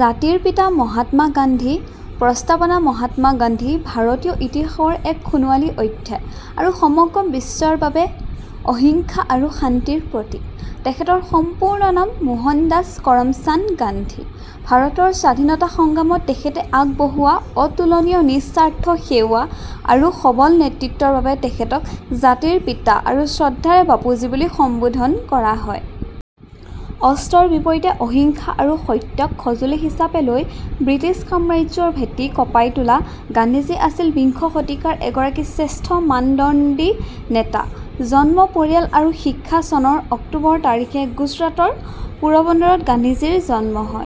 জাতিৰ পিতা মহাত্মা গান্ধী প্ৰস্তাৱনা মহাত্মা গান্ধী ভাৰতীয় ইতিহাসৰ এক সোণোৱালী অধ্যায় আৰু সমগ্ৰ বিশ্বৰ বাবে অহিংসা আৰু শান্তিৰ প্ৰতীক। তেখেতৰ সম্পূৰ্ণ নাম মোহনদাস কৰমচান্দ গান্ধী। ভাৰতৰ স্বাধীনতা সংগ্ৰামত তেখেতে আগবঢ়োৱা অতুলনীয় নিস্বাৰ্থ সেৱা আৰু সবল নেতৃত্বৰ বাবে তেখেতক 'জাতিৰ পিতা' আৰু শ্ৰদ্ধাৰে 'বাপুজী' বুলি সম্বোধন কৰা হয়। অস্ত্ৰৰ বিপৰীতে 'অহিংসা' আৰু 'সত্য'ক সঁজুলি হিচাপে লৈ ব্ৰিটিছ সাম্ৰাজ্যৰ ভেটি কঁপাই তোলা গান্ধীজী আছিল বিংশ শতিকাৰ এগৰাকী শ্ৰেষ্ঠ মানৱদৰ্দী নেতা। জন্ম, পৰিয়াল আৰু শিক্ষা চনৰ অক্টোবৰ তাৰিখে গুজৰাটৰ পোৰবন্দৰত গান্ধীজীৰ জন্ম হয়।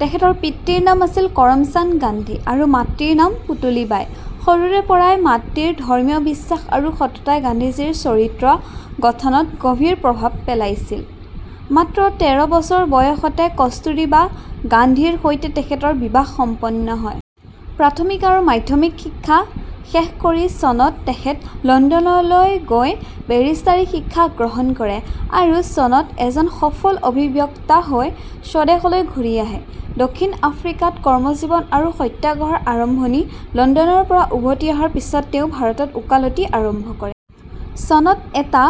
তেখেতৰ পিতৃৰ নাম আছিল কৰমচান্দ গান্ধী আৰু মাতৃৰ নাম পুতলীবাই। সৰুৰে পৰাই মাতৃৰ ধৰ্মীয় বিশ্বাস আৰু সততাই গান্ধীজীৰ চৰিত্ৰ গঠনত গভীৰ প্ৰভাৱ পেলাইছিল। মাত্ৰ তেৰ বছৰ বয়সতে কস্তুৰবা গান্ধীৰ সৈতে তেখেতৰ বিবাহ সম্পন্ন হয়। প্ৰাথমিক আৰু মাধ্যমিক শিক্ষা সাং কৰি চনত তেখেতে লণ্ডনলৈ গৈ বেৰিষ্টাৰী শিক্ষা গ্ৰহণ কৰে আৰু চনত এজন সফল অধিবক্তা হৈ স্বদেশলৈ ঘূৰি আহে। দক্ষিণ আফ্ৰিকাত কৰ্মজীৱন আৰু সত্যাগ্ৰহৰ আৰম্ভণি লণ্ডনৰ পৰা উভতি অহাৰ পিছত তেওঁ ভাৰতত ওকালতি আৰম্ভ কৰে। চনত এটা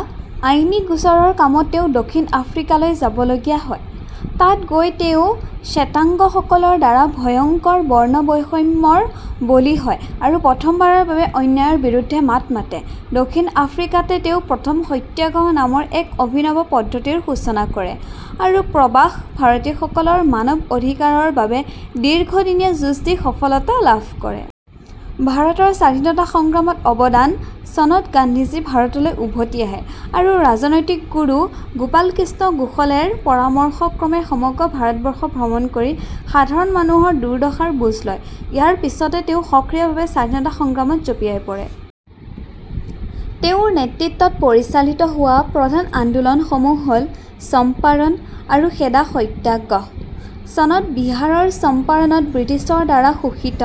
আইনী গোচৰৰ কামত তেওঁ দক্ষিণ আফ্ৰিকালৈ যাবলগীয়া হয়। তাত গৈ তেওঁ শ্বেতাংগসকলৰ দ্বাৰা ভয়ংকৰ বৰ্ণবৈষম্যৰ বলি হয় আৰু প্ৰথমবাৰৰ বাবে অন্যায়ৰ বিৰুদ্ধে মাত মাতে। দক্ষিণ আফ্ৰিকাতেই তেওঁ প্ৰথমে 'সত্যাগ্ৰহ' নামৰ এক অভিনৱ পদ্ধতিৰ সূচনা কৰে আৰু প্ৰবাসী ভাৰতীয়সকলৰ মানৱ অধিকাৰৰ বাবে দীৰ্ঘদিনীয়া যুঁজ দি সফলতা লাভ কৰে। ভাৰতৰ স্বাধীনতা সংগ্ৰামত অৱদান চনত গান্ধীজী ভাৰতলৈ উভতি আহে আৰু ৰাজনৈতিক গুৰু গোপাল কৃষ্ণ গোখলেৰ পৰামৰ্শক্ৰমে সমগ্ৰ ভাৰতবৰ্ষ ভ্ৰমণ কৰি সাধাৰণ মানুহৰ দুৰ্দশাৰ বুজ লয়। ইয়াৰ পিছতে তেওঁ সক্ৰিয়ভাৱে স্বাধীনতা সংগ্ৰামত জঁপিয়াই পৰে। তেওঁৰ নেতৃত্বত পৰিচালিত হোৱা প্ৰধান আন্দোলনসমূহ হ'ল: চম্পাৰণ আৰু খেদা সত্যাগ্ৰহ: চনত বিহাৰৰ চম্পাৰণত ব্ৰিটিছৰ দ্বাৰা শোষিত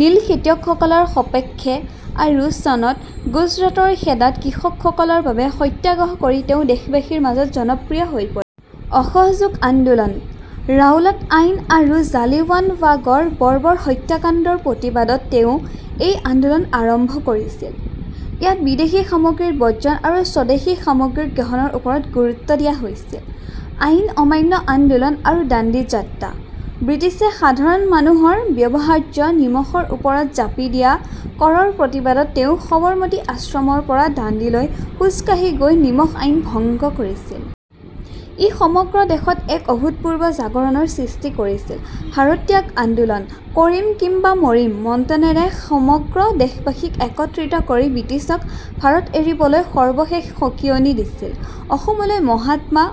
নীল খেতিয়কসকলৰ সপক্ষে আৰু চনত গুজৰাটৰ খেদাত কৃষকসকলৰ বাবে সত্যাগ্ৰহ কৰি তেওঁ দেশবাসীৰ মাজত জনপ্ৰিয় হৈ পৰে। অসহযোগ আন্দোলন: ৰাওলাট আইন আৰু জালিয়ানৱালাবাগৰ বৰ্বৰ হত্যাকাণ্ডৰ প্ৰতিবাদত তেওঁ এই আন্দোলন আৰম্ভ কৰিছিল। ইয়াত বিদেশী সামগ্ৰী বৰ্জন আৰু স্বদেশী সামগ্ৰী গ্ৰহণৰ ওপৰত গুৰুত্ব দিয়া হৈছিল। আইন অমান্য আন্দোলন আৰু দাণ্ডি যাত্ৰা: ব্ৰিটিছে সাধাৰণ মানুহৰ ব্যৱহাৰ্য নিমখৰ ওপৰত জাপি দিয়া কৰৰ প্ৰতিবাদত তেওঁ সবৰমতী আশ্ৰমৰ পৰা দাণ্ডিলৈ খোজকাঢ়ি গৈ নিমখ আইন ভংগ কৰিছিল। ই সমগ্ৰ দেশত এক অভূতপূৰ্ব জাগৰণৰ সৃষ্টি কৰিছিল। ভাৰত ত্যাগ আন্দোলন: "কৰিম কিম্বা মৰিম" মন্ত্ৰৰে সমগ্ৰ দেশবাসীক একত্ৰিত কৰি ব্ৰিটিছক ভাৰত এৰিবলৈ সৰ্বশেষ সকীয়নি দিছিল। অসমলৈ মহাত্মা